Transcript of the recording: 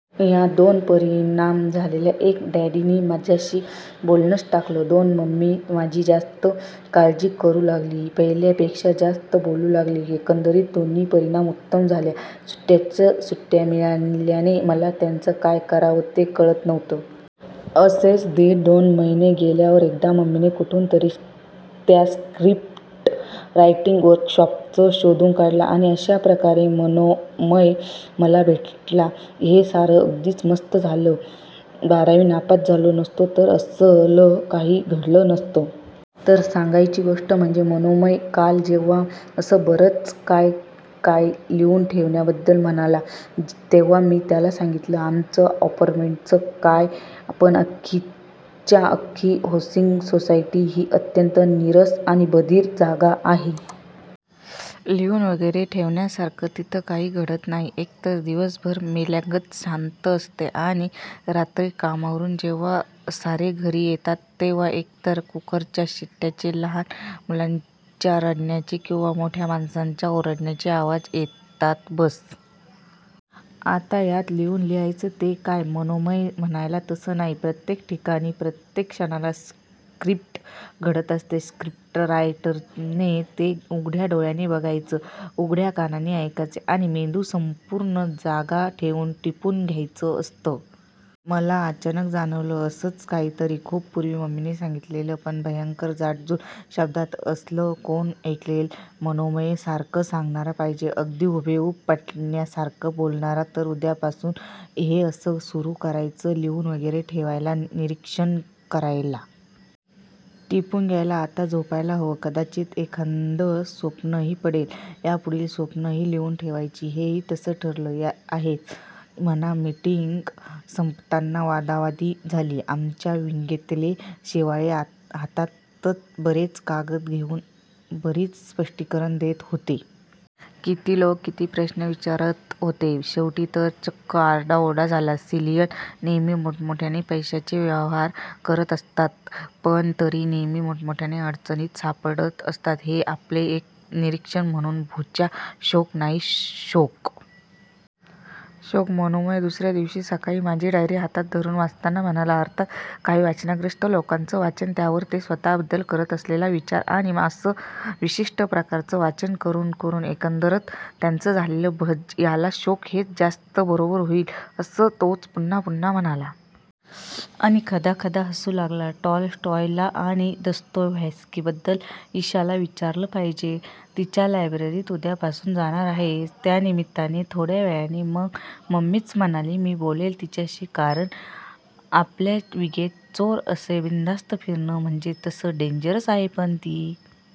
याचे दोन परिणाम झाले- एक, डॅडनी माझाशी बोलणंच टाकलं. दोन, मम्मी माझी जास्त काळजी करू लागली. पहिल्यापेक्षा जास्त बोलू लागली. एकंदरित दोन्ही परिणाम उत्तम झाले. सुट्याच सुट्या मिळाल्याने मला त्यांचं काय करावं ते कळत नव्हतं. असेच दीड-दोन महिने गेल्यावर एकदा मम्मीने कुठून तरी त्या स्क्रिप्ट रायटिंग वर्कशॉपचं शोधून काढलं, आणि अशा प्रकारे मनोमय मला भेटला. हे सारं अगदीच मस्त झालं. बारावी नापास झालो नसतो तर असलं काही घडलं नसतं. तर सांगायची गोष्ट म्हणजे मनोमय काल जेव्हा असं बरंच काय काय लिहून ठेवण्याबद्दल म्हणाला, तेव्हा मी त्याला सांगितलं-- आमचं अपार्टमेंटच काय, पण अख्खीच्या अख्खी हौसिंग सोसायटी ही अत्यंत नीरस आणि बधीर जागा आहे. लिहून वगैरे ठेवण्यासारखं तिथं काही घडत नाही. एकतर दिवसभर मेल्यागत शांत असते. आणि रात्री कामावरून जेव्हा सारे घरी येतात तेव्हा एकतर कुकरच्या शिट्यांचे, लहान मुलांच्या रडण्याचे किंवा मोठ्या माणासांच्या ओरडण्याचे आवाज येतात. बस. आता यात लिहून लिहायचं ते काय? मनोमय म्हणाला-- तसं नाही. प्रत्येक ठिकाणी, प्रत्येक क्षणाला स्क्रिप्ट घडत असतं. स्क्रिप्टरायटरने ते उघड्या डोळ्यांनी बघायचं, उघड्या कानांनी ऐकायचं, आणि मेंदू संपूर्ण जागा ठेऊन टिपून घ्यायचं असतं. मला अचानक जाणवलं, असंच काहीतरी खूप पुर्वी मम्मीने सांगितलेलं, पण भयंकर जाडजूड शब्दांत. असलं कोण ऐकेल? मनोमयसारख सांगणारा पाहिजे. अगदी हुबेहुब पटण्यासारखं बोलणारा. तर उद्यापासून हे असं सुरू करायचं. लिहून वगैरे ठेवायला. निरीक्षण करायला. टिपून घ्यायला. आता झोपायला हवं. कदाचित एखादं स्वप्नही पडेल. यापुढची स्वप्नंही लिहून ठेवायची- हेही तसं ठरलं आहेच म्हणा. मिटिंग संपताना वादावादी झाली. आमच्या विंगेतले शेवाळे हातात बरेच कागद घेऊन बरीच स्पष्टीकरणं देत होते. किती लोक किती प्रश्न विचारत होते. शेवटी तर चक्क आरडाओरडा झाला. सलियन नेहमी मोठमोठ्या पैशांचे व्यवहार करत असतात. पण तरी नेहमी मोठमोठ्या अडचणींत सापडत असतात. हे आपलं एक निरीक्षण म्हणून. भोच्या, शोक नाही, शौक. शौक-- मनोमय दुसर्या दिवशी सकाळी माझी डायरी हातात धरून वाचताना म्हणाला. अर्थात काही वाचनग्रस्त लोकांचं वाचन, त्यावर ते स्वतःबद्दल करत असलेला विचार, आणि असं विशिष्ठ प्रकारचं वाचन करून करून एकंदरच त्यांचं झालेलं भजं- याला शोक हेच जास्त बरोबर होईल-- असं तोच पुन्हा म्हणाला. आणि खदाखदा हसू लागला. टॉलस्टॉय आणि दस्तोयव्हस्कीबद्दल इशाला विचारलं पाहिजे. तिच्या लायब्ररीत उद्यापासून जाणार आहेच-- त्या निमित्ताने. थोड्या वेळाने मग मम्मीच म्हणाली-- मी बोलले तिच्याशी. कारण आपल्या विंगेत चोर असे बिनधास्त फिरणं म्हणजे तसं डेंजरस आहे. पण ती